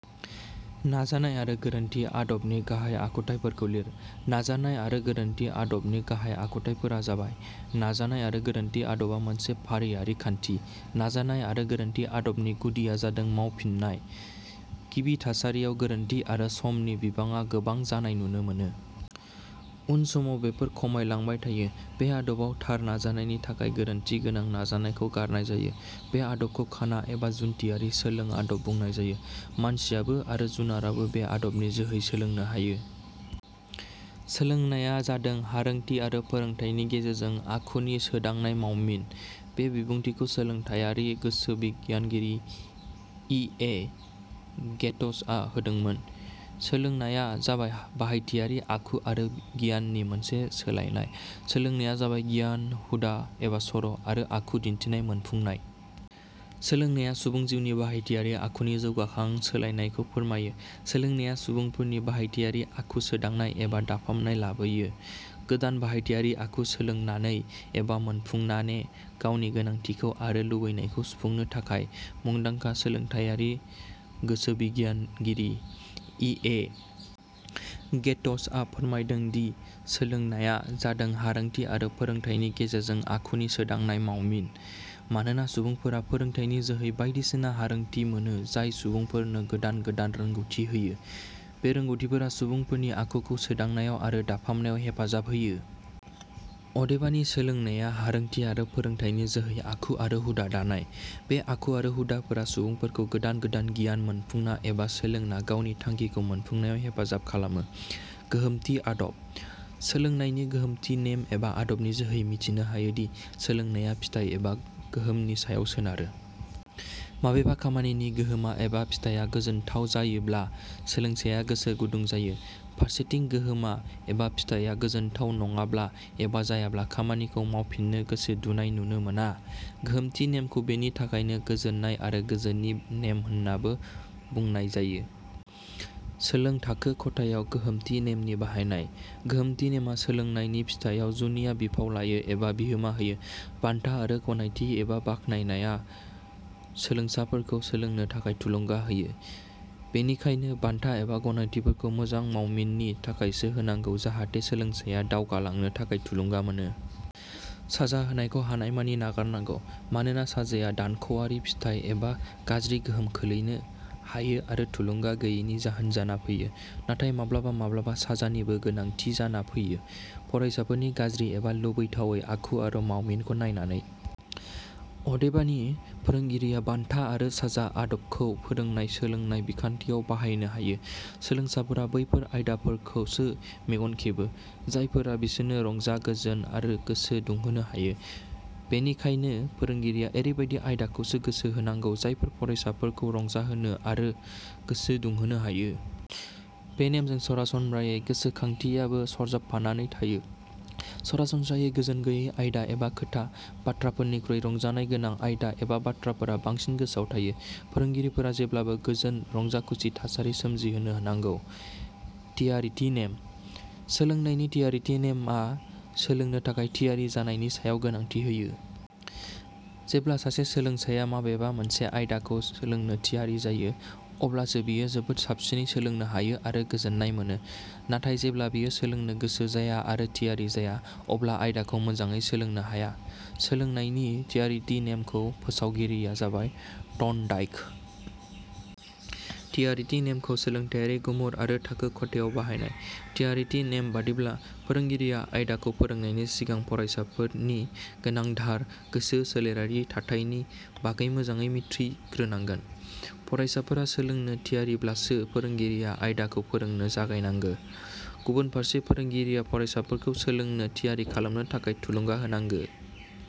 नाजानाय आरो गोरोन्थि आदबनि गाहाइ आखुथाइफोरखौ लिर।: नाजानाय आरो गोरोन्थि आदबनि गाहाइ आखुथाइफोरा जाबाय:. नाजानाय आरो गोरोन्थि आदबा मोनसे फारियारि खान्थि।. नाजानाय आरो गोरोन्थि आदबनि गुदिया जादों मावफिननाय।. गिबि थासारियाव गोरोन्थि आरो समनि बिबाङा गोबां जानाय नुनो मोनो। उन समाव बेफोर खमाय लांबाय थायो।. बे आदबाव थार नाजानायनि थाखाय गोरोन्थि गोनां नाजानायखौ गारनाय जायो।. बे आदबखौ खाना एबा जुन्थियारि सोलों आदब बुंनाय जायो।. मानसियाबो आरो जुनाराबो बे आदबनि जोहै सोलोंनो हायो।: "सोलोंनाया जादों हारोंथि आरो फोरोंथाइनि गेजेरजों आखुनि सोदांनाय मावमिन। " बे बिबुंथिखौ सोलोंथाइयारि गोसो बिगियानगिरि इ. ए. गेटस आ होदोंमोन। सोलोंनाया जाबाय बाहायथियारि आखु आरो गियाननि मोनसे सोलायनाय। सोलोंनाया जाबाय गियान, हुदा एबा सर' आरो आखु दिन्थिनाय मोनफुंनाय। सोलोंनाया सुबुं जिउनि बाहायथियारि आखुनि जौगाखां सोलायनायखौ फोरमायो। सोलोंनाया सुबुंफोरनि बाहायथियारि आखुनि सोदांनाय एबा दाफामनाय लाबोयो गोदान बाहायथियारि आखु सोलोंनानै एबा मोनफुंनाने गावनि गोनांथिखौ आरो लुबैनायखौ सुफुंनो थाखाय। मुंदांखा सोलोंथाइयारि गोसोबिगियानगिरि इ. ए. गेटस आ फोरमायदों दि, "सोलोंनाया जादों हारोंथि आरो फोरोंथाइनि गेजेरजों आखुनि सोदांनाय मावमिन"। मानोना सुबुंफोरा फोरोंथाइनि जोहै बायदिसिना हारोंथि मोनो जाय सुबुंफोरनो गोदान गोदान रोंगौथि होयो। बे रोंगौथिफोरा सुबुंफोरनि आखुखौ सोदांनायाव आरो दाफामनायाव हेफाजाब होयो। अदेबानि, सोलोंनाया हारोंथि आरो फोरोंथाइनि जोहै आखु आरो हुदा दानाय। बे आखु आरो हुदाफोरा सुबुंफोरखौ गोदान गोदान गियान मोनपुंना एबा सोलोंना गावनि थांखिखौ मोनफुंनायाव हेफाजाब खालामो।: गोहोमथि आदब: सोलोंनायनि गोहोमथि नेम एबा आदबनि जोहै मिथिनो हायोदि, सोलोंनाया फिथाइ एबा गोहोमनि सायाव सोनारो। माबेबा खामानिनि गोहोमा एबा फिथाया गोजोननाथाव जायोब्ला, सोलोंसाया गोसो गुदुं जायो। फारसेथिं गोहोमा एबा फिथाइया गोजोनथाव नङाब्ला एबा जायाब्ला खामानिखौ मावफिननो गोसो दुनाय नुनो मोना। गोहोमथि नेमखौ बेनि थाखायनो "गोजोननाय आरो गोजोनि" नेम होननाबो बुंनाय जायो। सोलों थाखो खथायाव गोहोमथि नेमनि बाहायनाय: गोहोमथि नेमआ सोलोंनायनि फिथाइयाव जुनिया बिफाव लायो एबा बिहोमा होयो। बान्था आरो गनायथि एबा बाखनायनाया सोलोंसाफोरखौ सोलोंनो थाखाय थुलुंगा होयो। बेनिखायनो बान्था एबा गनायथिफोरखौ मोजां मावमिननि थाखायसो होनांगौ जाहाथे सोलोंसाया दावगा लांनो थाखाय थुलुंगा मोनो। साजा होनायखौ हानायमानि नागार नांगौ। मानोना साजाया दानख 'आरि फिथाइ एबा गाज्रि गोहोम खोलैनो हायो आरो थुलुंगा गोयिनि जाहोन जाना फैयो। नाथाय माब्लाबा माब्लाबा साजानिबो गोनांथि जाना फैयो, फरायसाफोरनि गाज्रि एबा लुबैथावै आखु आरो मावमिनखौ नायनानै। अदेबानि, फोरोंगिरिया 'बान्था आरो साजा' आदबखौ फोरोंनाय सोलोंनाय बिखान्थियाव बाहायनो हायो। सोलोंसाफोरा बैफोर आयदाफोरखौसो मेगन खेबो, जायफोरा बिसोरनो रंजा गोजोन आरो गोसो दुंहोनो हायो। बेनिखायनो फोरोंगिरिया एरैबादि आयदाखौसो गोसो होनांगौ जायफोर फरायसाफोरखौ रंजाहोनो आरो गोसो दुंहोनो हायो। बे नेमजों सरासनम्रायै गोसोखांथि याबो सरजाबफानानै थायो। सरासनस्रायै गोजोन गोयै आयदा एबा खोथा- बाथ्राफोरनिख्रुइ रंजानाय गोनां आयदा एबा बाथ्राफोरा बांसिन गोसोआव थायो। फोरोंगिरिफोरा जेब्लाबो गोजोन-रंजाखुसि थासारि सोमजिहोनो नांगौ।: थियारिथि नेम:: सोलोंनायनि थियारिथि नेमआ सोलोंनो थाखाय थियारि जानायनि सायाव गोनांथि होयो। जेब्ला सासे सोलोंसाया माबेबा मोनसे आयदाखौ सोलोंनो थियारि जायो, अब्लासो बियो जोबोद साबसिनै सोलोंनो हायो आरो गोजोननाय मोनो। नाथाय, जेब्ला बियो सोलोंनो गोसो जाया आरो थियारि जाया अब्ला आयदाखौ मोजाङै सोलोंनो हाया। सोलोंनायनि थियारिथि नेमनि फोसावगिरिया जाबाय थर्नडाइक। थियारिथि नेमनि सोलोंथाइयारि गुमुर आरो थाखो खथायाव बाहायनाय :थियारिथि नेम बादिब्ला फोरोंगिरिया आयदाखौ फोरोंनायनि सिगां फरायसाफोरनि गोनांधार गोसो-सोलेरारि थाथाइनि बागै मोजाडै मिथिग्रोनांगोन। फरायसाफोरा सोलोंनो थियारिब्लासो फोरोंगिरिया आयदाखौ फोरोंनो जागायनांगो। गुबुनफारसे, फोरोंगिरिया फरायसाफोरखौ सोलोंनो थियारि खालामनो थाखाय थुलुंगा होनांगो।